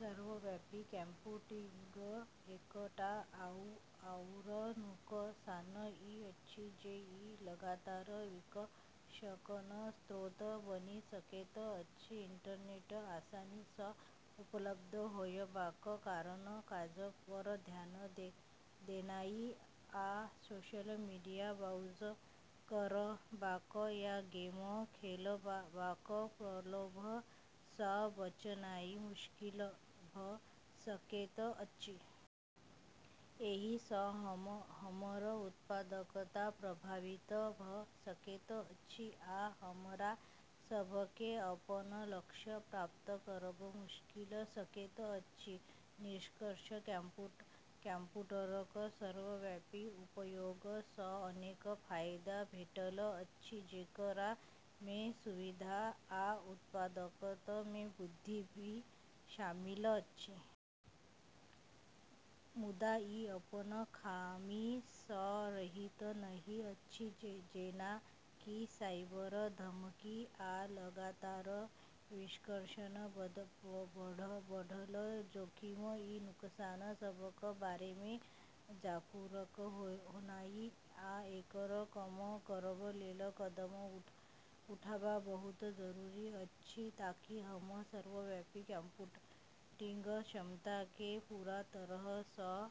सर्वव्यापी कंप्यूटिंगक एकटा आउर नुकसान ई अछि जे ई लगातार विकर्षणक स्रोत बनि सकैत अछि। इंटरनेट आसानी सँ उपलब्ध होयबाक कारण काज पर ध्यान देनाइ आ सोशल मीडिया ब्राउज करबाक या गेम खेलबाक प्रलोभन सँ बचनाइ मुश्किल भऽ सकैत अछि। एहि सँ हमर उत्पादकता प्रभावित भऽ सकैत अछि, आ हमरा सभ केँ अपन लक्ष्य प्राप्त करब मुश्किल भऽ सकैत अछि। निष्कर्षतः कंप्यूटरक सर्वव्यापी उपयोग सँ अनेक फायदा भेटल अछि, जेकरा मे सुविधा आ उत्पादकता मे वृद्धि भी शामिल अछि। मुदा ई अपन खामी सँ रहित नहि अछि, जेना कि साइबर धमकी आ लगातार विकर्षणक बढ़ल जोखिम। ई नुकसान सभक बारे मे जागरूक होनाइ आ एकरा कम करबा लेल कदम उठाबब बहुत जरूरी अछि, ताकि हम सर्वव्यापी कंप्यूटिंगक क्षमता केँ पूरा तरह सँ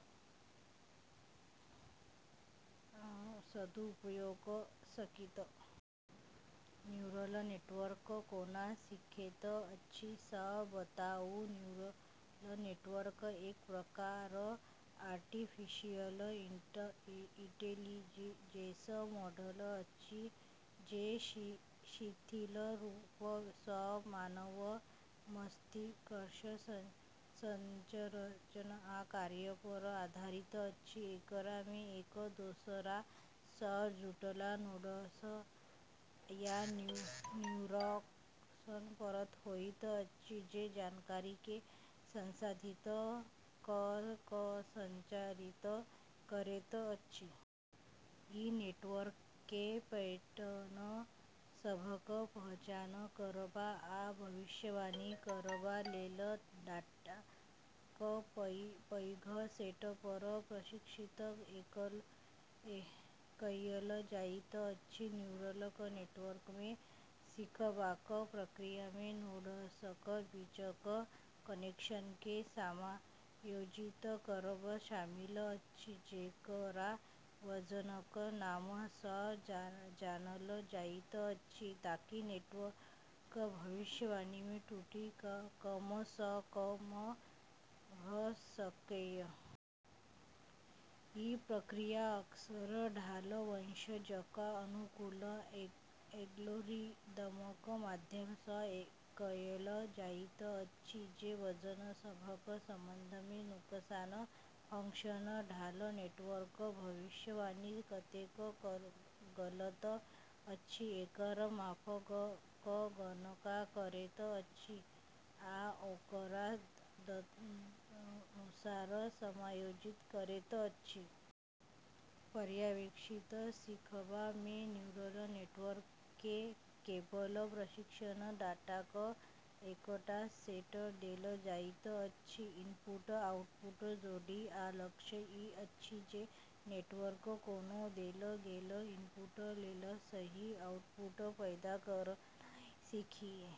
सदुपयोग कऽ सकिए। न्यूरल नेटवर्क कोना सीखैत अछि से बताउ। न्यूरल नेटवर्क एक प्रकारक आर्टिफिशियल इंटेलिजेंस मॉडल अछि जे शिथिल रूप सँ मानव मस्तिष्कक संरचना आ कार्य पर आधारित अछि। एकरा मे एक दोसरा सँ जुड़ल नोड्स या न्यूरॉन्सक परत होइत अछि जे जानकारी केँ संसाधित कऽ कऽ संचारित करैत अछि। ई नेटवर्क केँ पैटर्न सभक पहचान करबा आ भविष्यवाणी करबा लेल डाटाक पैघ सेट पर प्रशिक्षित कएल जाइत अछि। न्यूरल नेटवर्क मे सीखबाक प्रक्रिया मे नोड्सक बीचक कनेक्शन केँ समायोजित करब शामिल अछि, जेकरा वजनक नाम सँ जानल जाइत अछि, ताकि नेटवर्कक भविष्यवाणी मे त्रुटि कम सँ कम भऽ सकए। ई प्रक्रिया अक्सर ढाल वंश जकाँ अनुकूलन एल्गोरिदमक माध्यम सँ कएल जाइत अछि, जे वजन सभक संबंध मे नुकसान फ़ंक्शनक ढाल (नेटवर्कक भविष्यवाणी कतेक गलत अछि एकर माप) क गणना करैत अछि आ ओकरा तदनुसार समायोजित करैत अछि। पर्यवेक्षित सीखबा मे न्यूरल नेटवर्क केँ लेबल प्रशिक्षण डाटाक एकटा सेट देल जाइत अछि इनपुट-आउटपुट जोड़ी आ लक्ष्य ई अछि जे नेटवर्क कोनो देल गेल इनपुट लेल सही आउटपुट पैदा करनाइ सीखए।